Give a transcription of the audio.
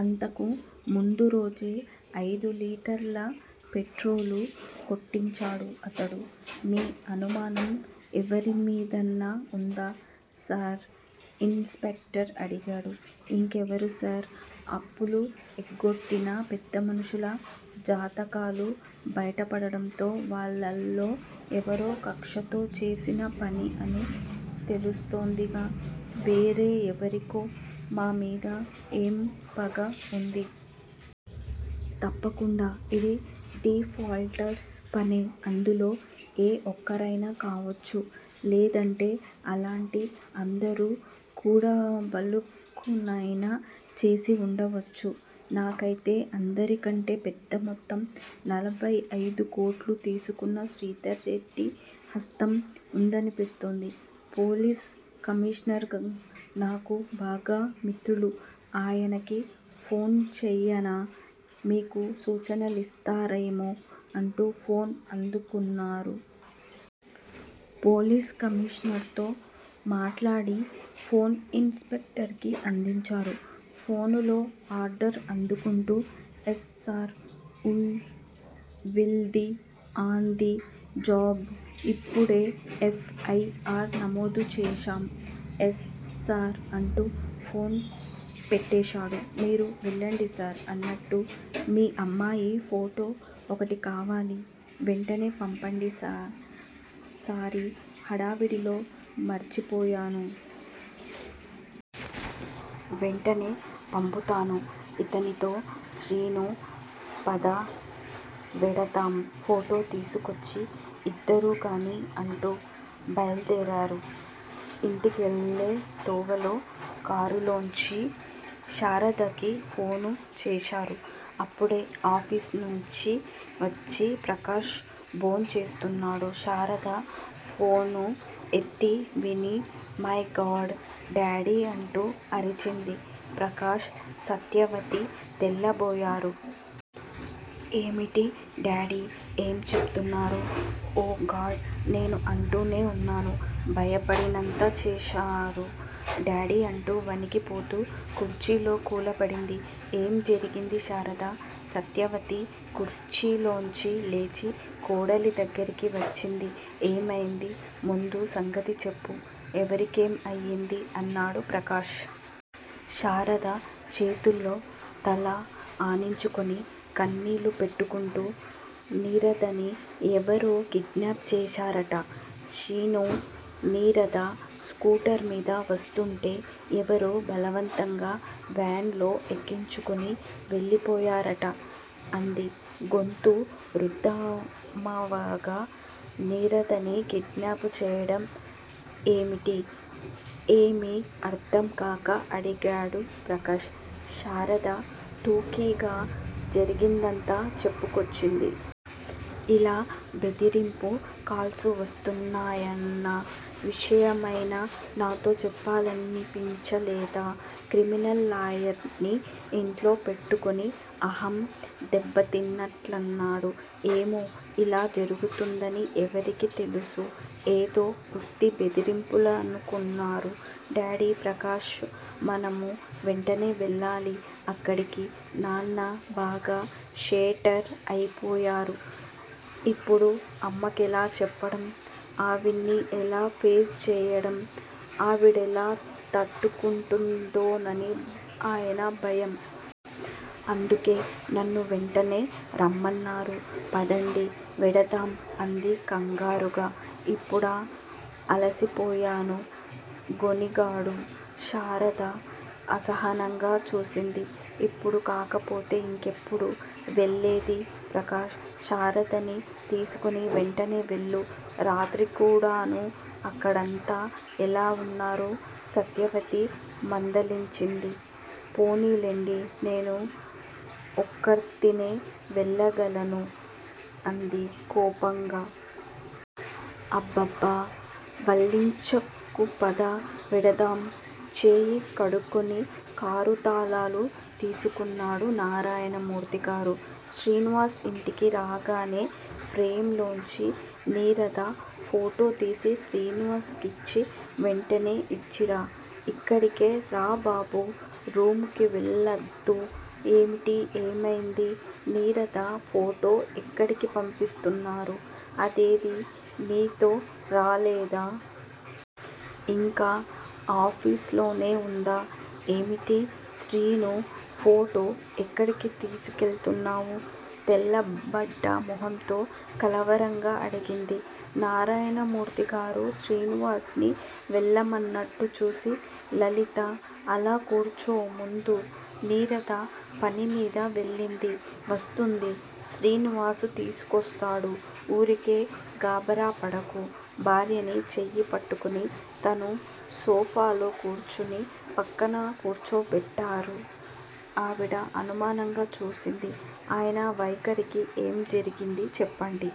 అంతకు ముందు రోజే అయిదు లీటర్ల పెట్రోలు కొట్టించాడు అతడు. మీ అనుమానం ఎవరిమీదన్నా వుందా సార్ ఇన్ స్పెక్టర్ అడిగాడు. ఇంకెవరు సార్ అప్పులు ఎగ్గొట్టిన పెద్దమనుషుల జాతకాలు బయటపడడంతో వాళ్లల్లో ఎవరో కక్షతో చేసిన పని అని తెలుస్తోందిగా వేరే ఎవరికో మా మీద ఏం పగ వుంది? తప్పకుండా ఇది డిఫాల్టర్స్ పనే అందులో ఏ ఒక్కరైనా కావచ్చు, లేదంటే అలాంటి అందరూ కూడబలుక్కునైనా చేసివుండవచ్చు నాకైతే అందరికంటే పెద్దమొత్తం నలభై ఐదుకోట్లు తీసుకున్న శ్రీధర్ రెడ్డి హస్తం వుందనిపిస్తోంది పోలీస్ కమీషనర్ నాకు బాగా మిత్రులు. ఆయనకి ఫోన్ చెయ్యనా మీకు సూచనలిస్తారేమో అంటూ ఫోన్ అందుకున్నారు. పోలీస్ కమీషనర్ తో మాట్లాడి ఫోన్ ఇన్ స్పెక్టర్ కి అందించారు. ఫోనులో ఆర్డర్ అందుకుంటూ yes sir we will be on the job ఇప్పుడే ఎఫ్. ఐ. ఆర్. నమోదు చేశాం. ఎస్ సార్ అంటూ ఫోన్ పెట్టేశాడు. మీరు వెళ్ళండి సార్ అన్నట్టు మీ అమ్మాయి ఫోటో ఒకటి కావాలి వెంటనే పంపండి సర్ సారీ, హడావిడిలో మర్చిపోయాను. వెంటనే పంపుతాను ఇతనితో శ్రీనూ, పద వెడదాం, ఫోటో తీసుకొచ్చి ఇద్దూరూగాని అంటూ బయలుదేరారు. ఇంటికెళ్ళే తోవలో కారులోంచి శారదకి ఫోను చేశారు. అప్పుడే ఆఫీసునించి వచ్చి ప్రకాష్ భోంచేస్తున్నాడు. శారద ఫోను ఎత్తి విని మైగాడ్ డాడీ అంటూ అరిచింది. ప్రకాష్ సత్యవతి తెల్లబోయారు. ఏమిటి డాడీ! ఏం చెప్తున్నారు? ఓ గాడ్ నేను అంటూనే వున్నాను. భయపడినంతా చేశారు. డాడీ అంటూ వణికిపోతూ కుర్చీలో కూలబడింది. ఏం జరిగింది శారదా! సత్యవతి కుర్చీలోంచి లేచి కోడలి దగ్గిరకి వచ్చింది. ఏమైంది? ముందు సంగతి చెప్పు. ఎవరికేం అయింది అన్నాడు ప్రకాష్. శారద చేతుల్లో తల ఆనించుకుని కన్నీళ్ళు పెట్టుకుంటూ నీరదని ఎవరో కిడ్నాప్ చేశారట శీనూ, నీరద స్కూటర్ మీద వస్తూంటే ఎవరో బలవంతంగా వ్యాన్ లో ఎక్కించుకుని వెళ్ళిపోయారట అంది గొంతు రుద్ధమవగా. నీరదని కిడ్నాప్ చెయ్యడం ఏమిటి? ఏమీ అర్థంకాక అడిగాడు ప్రకాష్. శారద టూకీగా జరిగిందంతా చెప్పుకొచ్చింది. ఇలా బెదిరింపు కాల్స్ వస్తున్నాయన్న విషయమైనా నాతో చెప్పాలనిపించలేదా? క్రిమినల్ లాయర్ ని ఇంట్లోపెట్టుకుని అహం దెబ్బతిన్నట్లన్నాడు. ఏమో! ఇలా జరుగుతుందని ఎవరికి తెలుసు? ఏదో ఉత్తి బెదిరింపులనుకున్నారు డాడీ ప్రకాష్ మనం వెంటనే వెళ్ళాలి అక్కడికి. నాన్న బాగా షేటర్ అయిపోయారు. ఇప్పుడు అమ్మకెలా చెప్పడం ఆవిణ్ణి ఎలా ఫేస్ చెయ్యడం, ఆవిడెలా తట్టుకుంటుందోనని ఆయన భయం. అందుకే నన్ను వెంటనే రమ్మన్నారు. పదండి వెడదాం అంది కంగారుగా. ఇప్పుడా! అలసిపోయాను గొణిగాడు. శారద అసహనంగా చూసింది. ఇప్పుడు కాకపోతే ఇంకెప్పుడు వెళ్ళేది ప్రకాష్! శారదని తీసుకుని వెంటనే వెళ్ళు రాత్రికూడాను అక్కడంతా ఎలా వున్నారో సత్యవతి మందలించింది. పోనీలెండి, నేను ఒక్కర్తినే వెళ్ళగలను అంది కోపంగా. అబ్బబ్బ వల్లించకుపద వెడదాం చేయి కడుక్కుని కారుతాళాలు తీసుకున్నాడు. నారాయణమూర్తిగారు, శ్రీనివాస్ ఇంటికి రాగానే ఫ్రేమ్ లోంచి నీరద ఫోటోతీసి శ్రీనివాస్ కిచ్చి వెంటనే ఇచ్చిరా, ఇక్కడికే రా బాబూ రూముకి వెళ్లద్దు. ఏమిటి ఏమైంది, నీరద ఫోటో ఎక్కడికి పంపిస్తున్నారు? అదేదీ మీతో రాలేదా? ఇంకా ఆఫీసులోనే వుందా ఏమిటి శ్రీనూ, ఫోటో ఎక్కడికి తీసుకెళుతున్నావు? తెల్లబడ్డ మొహంతో కలవరంగా అడిగింది. నారాయణమూర్తిగారు శ్రీనివాస్ ని వెళ్ళమన్నట్టు చూసి లలితా, అలా కూర్చో ముందు. నీరద పనిమీద వెళ్ళింది. వస్తుంది. శ్రీనివాస్ తీసుకొస్తాడు. ఊరికే గాభరా పడకు భార్యని చెయ్యిపట్టుకుని తను సోఫాలో కూర్చుని పక్కన కూర్చోపెట్టారు. ఆవిడ అనుమానంగా చూసింది ఆయన వైఖరికి. ఏం జరిగింది చెప్పండి